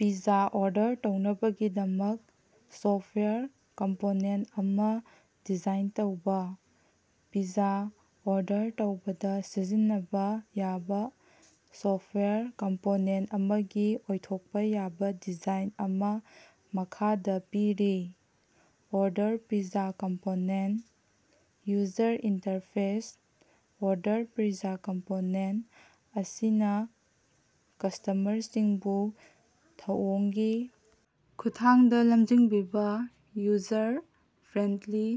Pizza order ꯇꯧꯅꯕꯒꯤꯗꯃꯛ software component ꯑꯃ design ꯇꯧꯕ꯫ ꯄꯤꯖ꯭ꯖꯥ ꯑꯣꯔꯗꯔ ꯇꯧꯕꯗ ꯁꯤꯖꯤꯟꯅꯕ ꯌꯥꯕ ꯁꯣꯐꯋꯦꯌꯔ ꯀꯝꯄꯣꯅꯦꯟꯠ ꯑꯃꯒꯤ ꯑꯣꯏꯊꯣꯛꯄ ꯌꯥꯕ ꯗꯤꯖꯥꯏꯟ ꯑꯃ ꯃꯈꯥꯗ ꯄꯤꯔꯤ: order pizza component: user interface: order pizza component ꯑꯁꯤꯅ ꯀꯁꯇꯃꯔꯁꯤꯡꯕꯨ ꯊꯧꯑꯣꯡꯒꯤ ꯈꯨꯠꯊꯥꯡꯗ ꯂꯝꯖꯤꯡꯕꯤꯕ ꯌꯨꯖꯔ-ꯐ꯭ꯔꯦꯟꯂꯤ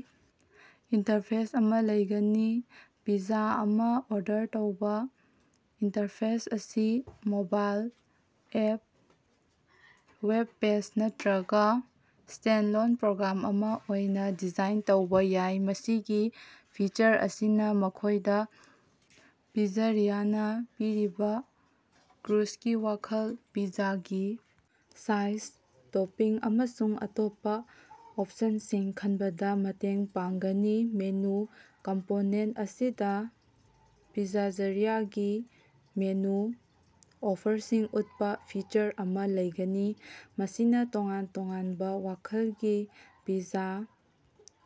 ꯏꯟꯇꯔꯐꯦꯁ ꯑꯃ ꯂꯩꯒꯅꯤ꯫ ꯄꯤꯖ꯭ꯖꯥ ꯑꯃꯥ ꯑꯣꯔꯗꯔ ꯇꯧꯕ꯫ ꯏꯟꯇꯔꯐꯦꯁ ꯑꯁꯤ ꯃꯣꯕꯥꯏꯜ ꯑꯦꯞ, ꯋꯦꯕ ꯄꯦꯖ ꯅꯠꯇ꯭ꯔꯒ ꯁ꯭ꯇꯦꯟꯂꯣꯟ ꯄ꯭ꯔꯣꯒ꯭ꯔꯥꯝ ꯑꯃ ꯑꯣꯏꯅ ꯗꯤꯖꯥꯏꯟ ꯇꯧꯕ ꯌꯥꯏ꯫ ꯃꯁꯤꯒꯤ ꯐꯤꯆꯔ ꯑꯁꯤꯅ ꯃꯈꯣꯏꯗ ꯄꯤꯖ꯭ꯖꯥꯔꯤꯌꯥꯅ ꯄꯤꯔꯤꯕ ꯀ꯭ꯔꯨꯁꯀꯤ ꯃꯈꯜ, ꯄꯤꯖ꯭ꯖꯥꯒꯤ ꯁꯥꯏꯖ, ꯇꯣꯄꯤꯡ ꯑꯃꯁꯨꯡ ꯑꯇꯣꯞꯄ ꯑꯣꯞꯁꯟꯁꯤꯡ ꯈꯟꯕꯗ ꯃꯇꯦꯡ ꯄꯥꯡꯒꯅꯤ꯫ ꯃꯦꯅꯨ: ꯀꯝꯄꯣꯅꯦꯟꯠ ꯑꯁꯤꯗ ꯄꯤꯖ꯭ꯖꯥꯔꯤꯌꯥꯒꯤ ꯃꯦꯅꯨ ꯑꯣꯐꯔꯁꯤꯡ ꯎꯠꯄ ꯐꯤꯆꯔ ꯑꯃ ꯂꯩꯒꯅꯤ꯫ ꯃꯁꯤꯅ ꯇꯣꯉꯥꯟ ꯇꯣꯉꯥꯟꯕ ꯃꯈꯜꯒꯤ ꯄꯤꯖ꯭ꯖꯥ,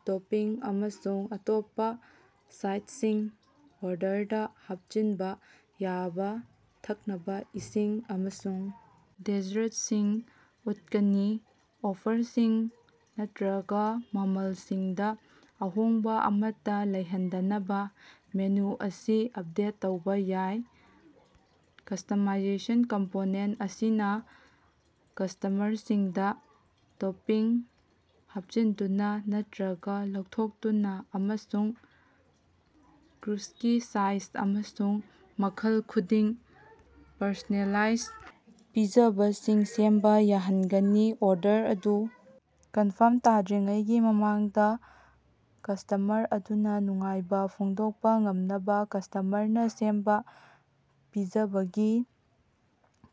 ꯇꯣꯄꯤꯡ, ꯑꯃꯁꯨꯡ ꯑꯇꯣꯞꯄ ꯁꯥꯏꯗꯁꯤꯡ, ꯑꯣꯔꯗꯔꯗ ꯍꯥꯞꯆꯤꯟꯕ ꯌꯥꯕ ꯊꯛꯅꯕ ꯏꯁꯤꯡ ꯑꯃꯁꯨꯡ ꯗꯔꯤꯗꯁꯤꯡ ꯎꯠꯀꯅꯤ꯫ ꯑꯣꯐꯔꯁꯤꯡ ꯅꯠꯇ꯭ꯔꯒ ꯃꯃꯜꯁꯤꯡꯗ ꯑꯍꯣꯡꯕ ꯑꯃꯠꯇ ꯂꯩꯍꯟꯗꯅꯕ ꯃꯦꯅꯨ ꯑꯁꯤ ꯑꯞꯗꯦꯠ ꯇꯧꯕ ꯌꯥꯏ꯫ ꯀꯁꯇꯃꯥꯏꯖꯦꯁꯟ: ꯀꯝꯄꯣꯅꯦꯟꯠ ꯑꯁꯤꯅ ꯀꯁꯇꯃꯔꯁꯤꯡꯗ ꯇꯣꯄꯤꯡ ꯍꯥꯞꯆꯤꯟꯗꯨꯅ ꯅꯠꯇ꯭ꯔꯒ ꯂꯧꯊꯣꯛꯇꯨꯅ ꯑꯃꯁꯨꯡ ꯀ꯭ꯔꯨꯁꯀꯤ ꯁꯥꯏꯖ ꯑꯃꯁꯨꯡ ꯃꯈꯜ ꯈꯨꯗꯤꯡ ꯄꯔꯁꯣꯅꯦꯂꯥꯏꯖ ꯄꯤꯖꯕꯁꯤꯡ ꯁꯦꯝꯕ ꯌꯥꯍꯟꯒꯅꯤ꯫ ꯑꯣꯔꯗꯔ ꯑꯗꯨ ꯀꯟꯐꯥꯔꯝ ꯇꯧꯗ꯭ꯔꯤꯉꯩꯒꯤ ꯃꯃꯥꯡꯗ ꯀꯁꯇꯃꯔ ꯑꯗꯨꯅ ꯅꯨꯡꯉꯥꯏꯕ ꯐꯣꯡꯗꯣꯛꯄ ꯉꯝꯅꯕ ꯀꯁꯇꯃꯔꯅ ꯁꯦꯝꯕ ꯄꯤꯖꯕꯒꯤ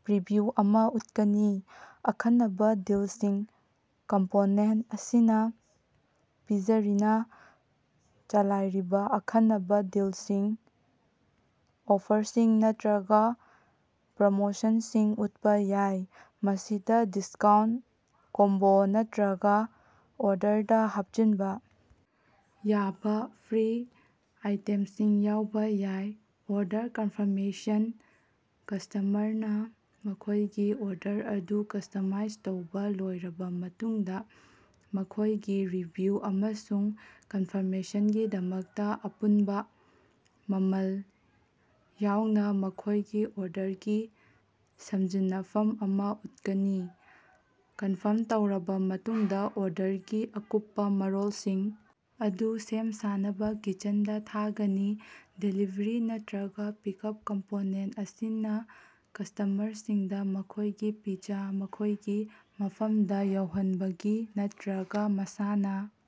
ꯄ꯭ꯔꯤꯚꯤꯎ ꯑꯃ ꯎꯠꯀꯅꯤ꯫ ꯑꯈꯟꯅꯕ ꯗꯤꯜꯁꯤꯡ: ꯀꯝꯄꯣꯅꯦꯟꯠ ꯑꯁꯤꯅ ꯄꯤꯖ꯭ꯖꯥꯔꯤꯅꯥ ꯆꯂꯥꯏꯔꯤꯕ ꯑꯈꯟꯅꯕ ꯗꯤꯜꯁꯤꯡ, ꯑꯣꯐꯔꯁꯤꯡ ꯅꯠꯇ꯭ꯔꯒ ꯄ꯭ꯔꯣꯃꯣꯁꯟꯁꯤꯡ ꯎꯠꯄ ꯌꯥꯏ꯫ ꯃꯁꯤꯗ ꯗꯤꯁꯀꯥꯎꯟꯠ, ꯀꯣꯝꯕꯣ ꯅꯠꯇ꯭ꯔꯒ ꯑꯣꯔꯗꯔꯗ ꯍꯥꯞꯆꯤꯟꯕ ꯌꯥꯕ ꯐ꯭ꯔꯤ ꯑꯥꯏꯇꯦꯝꯁꯤꯡ ꯌꯥꯎꯕ ꯌꯥꯏ꯫ ꯑꯣꯔꯗꯔ ꯀꯟꯐꯥꯔꯃꯦꯁꯟ: ꯀꯁꯇꯃꯔꯅ ꯃꯈꯣꯏꯒꯤ ꯑꯣꯔꯗꯔ ꯑꯗꯨ ꯀꯁꯇꯃꯥꯏꯁ ꯇꯧꯕ ꯂꯣꯏꯔꯕ ꯃꯇꯨꯡꯗ, ꯃꯈꯣꯏꯒꯤ ꯔꯤꯚꯤꯌꯨ ꯑꯃꯁꯨꯡ ꯀꯟꯐꯥꯔꯃꯦꯁꯟꯒꯤꯗꯃꯛꯇ ꯑꯄꯨꯟꯕ ꯃꯃꯜ ꯌꯥꯎꯅ ꯃꯈꯣꯏꯒꯤ ꯑꯣꯔꯗꯔꯒꯤ ꯁꯝꯖꯤꯟꯅꯐꯝ ꯑꯃ ꯎꯠꯀꯅꯤ꯫ ꯀꯟꯐꯥꯔꯝ ꯇꯧꯔꯕ ꯃꯇꯨꯡꯗ ꯑꯣꯔꯗꯔꯒꯤ ꯑꯀꯨꯞꯄ ꯃꯔꯣꯜꯁꯤꯡ ꯑꯗꯨ ꯁꯦꯝ ꯁꯥꯅꯕ ꯀꯤꯆꯟꯗ ꯊꯥꯒꯅꯤ꯫ ꯗꯦꯂꯤꯚ꯭ꯔꯤ ꯅꯠꯇ꯭ꯔꯒ ꯄꯤꯛꯑꯞ: ꯀꯝꯄꯣꯅꯦꯟꯠ ꯑꯁꯤꯅ ꯀꯁꯇꯃꯔꯁꯤꯡꯗ ꯃꯈꯣꯏꯒꯤ ꯄꯤꯖ꯭ꯖꯥ ꯃꯈꯣꯏꯒꯤ ꯃꯐꯝꯗ ꯌꯧꯍꯟꯕꯒꯤ ꯅꯠꯇ꯭ꯔꯒ ꯃꯁꯥꯅ